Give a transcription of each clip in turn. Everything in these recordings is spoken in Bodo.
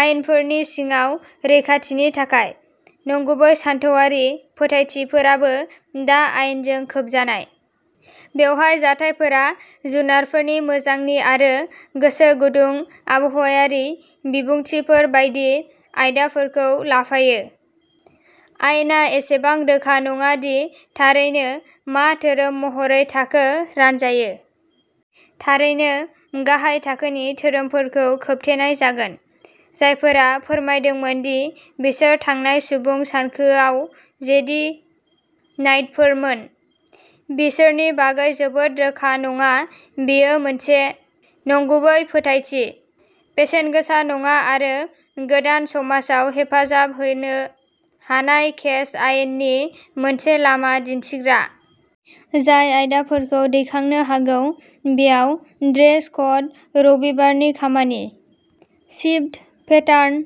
आयेनफोरनि सिङाव रैखाथिनि थाखाय। नंगुबै सानथौआरि फोथायथिफोराबो दा आयेनजों खोबजानाय। बेवहाय जाथायफोरा जुनारफोरनि मोजांनि आरो गोसो गुदुं आबहावायारि बिबुंथिफोर बायदि आयदाफोरखौ लाफायो। आयेनआ एसेबां रोखा नङा दि थारैनो मा "धोरोम" महरै थाखो रानजायो। थारैनो गाहाय थाखोनि धोरोमफोरखौ खोबथेनाय जागोन। जायफोरा फोरमायदोंमोन दि बिसोर थांनाय सुबुं सानखोआव जेदि नाइटफोरमोन, बिसोरनि बागै जोबोद रोखा नङा-बेयो मोनसे "नंगुबै" फोथायथि, बेसेनगोसा नङा आरो गोदान समाजाव हेफाजाब होनो हानाय-केस आयेननि मोनसे लामा दिन्थिग्रा। जाय आयदाफोरखौ दैखांनो हागौ बेयाव ड्रेस क'ड, रबिबारनि खामानि, सिफ्ट पेटार्न,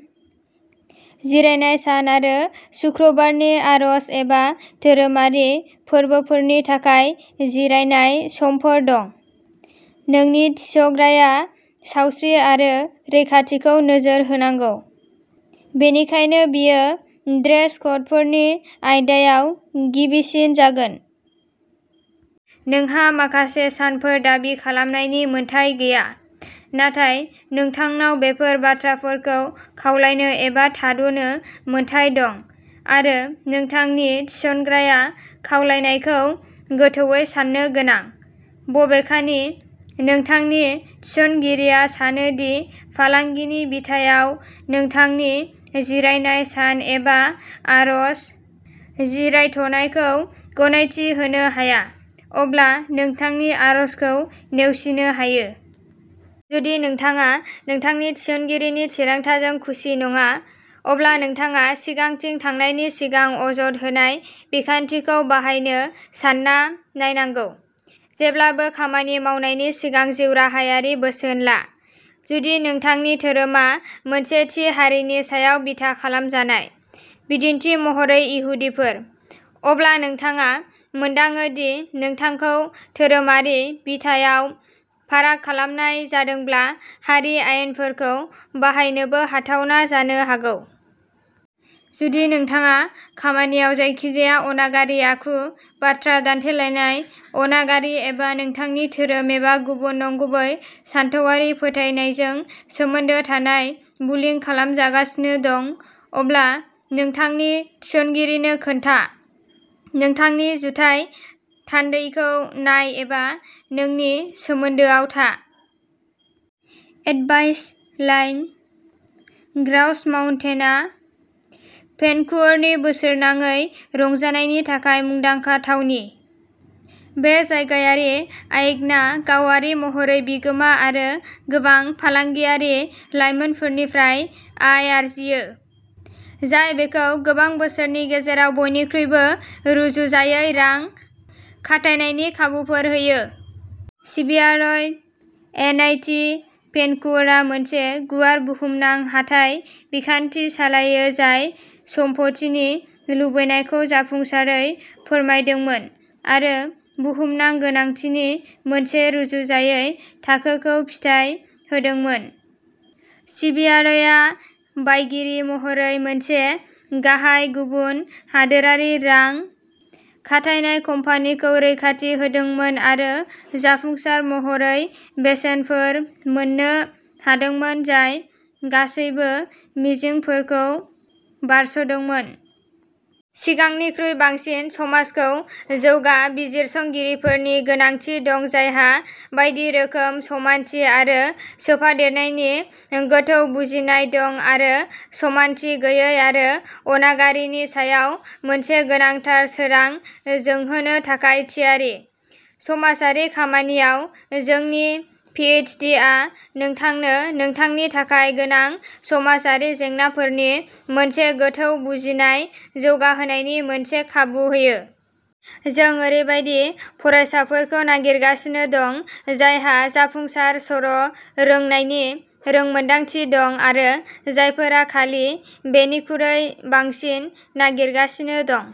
जिरायनाय सान आरो शुक्रबारनि आरज एबा धोरोमारि फोरबोफोरनि थाखाय जिरायनाय समफोर दं। नोंनि थिसग्राया सावस्रि आरो रैखाथिखौ नोजोर होनांगौ, बेनिखायनो बेयो ड्रेस क'डफोरनि आयदायाव गिबिसिन जागोन। नोंहा माखासे सानफोर दाबि खालामनायनि मोन्थाइ गैया। नाथाय नोंथांनाव बेफोर बाथ्राफोरखौ खावलायनो एबा थाद'नो मोन्थाइ दं, आरो नोंथांनि थिसनग्राया खावलायनायखौ गोथौवै सान्नो गोनां। बबेखानि, नोंथांनि थिसनगिरिया सानो दि फालांगिनि बिथायाव नोंथांनि जिरायनाय सान एबा आर'ज जिरायथ'नायखौ गनायथि होनो हाया, अब्ला नोंथांनि आर'जखौ नेवसिनो हायो। जुदि नोंथाङा नोंथांनि थिसनगिरिनि थिरांथाजों खुसि नङा, अब्ला नोंथाङा सिगांथिं थांनायनि सिगां अजद होनाय बिखान्थिखौ बाहायनो सानना नायनांगौ। जेब्लाबो खामानि मावनायनि सिगां जिउराहायारि बोसोन ला। जुदि नोंथांनि धोरोमा मोनसे थि हारिनि सायाव बिथा खालामजानाय, बिदिन्थि महरै इहुदिफोर, अब्ला नोंथाङा मोनदाङो दि नोंथांखौ धोरोमारि बिथायाव फाराग खालामनाय जादोंब्ला हारि आयेनफोरखौ बाहायनोबो हाथावना जानो हागौ। जुदि नोंथाङा खामानियाव जायखिजाया अनागारि आखु, बाथ्रा दानथेलायनाय, अनागारि एबा नोंथांनि धोरोम एबा गुबुन नंगुबै सानथौआरि फोथायनायजों सोमोन्दो थानाय बुलिं खालामजागासिनो दं, अब्ला नोंथांनि थिसनगिरिनो खोन्था, नोंथांनि जुथाइ थान्दैखौ नाय एबा जोंनि सोमोन्दोआव था। Advice line. ग्राउस माउन्टेनआ भेनकुवरनि बोसोरनाङै रंजानायनि थाखाय मुंदांखा थावनि। बे जायगायारि आइक'ना गावारि महरै बिगोमा आरो गोबां फालांगियारि लाइनफोरनिफ्राय आय आर्जियो, जाय बेखौ गोबां बोसोरनि गेजेराव बयनिख्रुइबो रुजुजायै रां खाथायनायनि खाबुफोर होयो। सिबिआरइ एनआइटि-भेनकुवरआ मोनसे गुवार बुहुमनां हाथाय बिखान्थि सालायो जाय सम्पथिनि लुबैनायखौ जाफुंसारै फोरमायदोंमोन आरो बुहुमनां गोनांथिनि मोनसे रुजुजायै थाखोखौ फिथाय होदोंमोन। सिबिआरइआ बायगिरि महरै मोनसे गाहाय गुबुन हादोरारि रां खाथायनाय कम्पानिखौ रैखाथि होदोंमोन आरो जाफुंसार महरै बेसेनफोर मोन्नो हादोंमोन जाय गासैबो मिजिंफोरखौ बारस'दोंमोन। सिगांनिख्रुइ बांसिन, समाजखौ जौगा बिजिरसंगिरिफोरनि गोनांथि दं जायहा बायदि रोखोम, समानथि आरो सोफादेरनायनि गोथौ बुजिनाय दं आरो समानथि गैयै आरो अनागारिनि सायाव मोनसे गोनांथार सोरां जोंहोनो थाखाय थियारि। समाजारि खामानियाव जोंनि पिएइचडिआ नोंथांनो नोंथांनि थाखाय गोनां समाजारि जेंनाफोरनि मोनसे गोथौ बुजिनाय जौगाहोनायनि मोनसे खाबु होयो। जों ओरैबायदि फरायसाफोरखौ नागिरगासिनो दं जायहा जाफुंसार सर'रोंनायनि रोंमोनदांथि दं आरो जायफोरा खालि बेनिखुरै बांसिन नागिरगासिनो दं।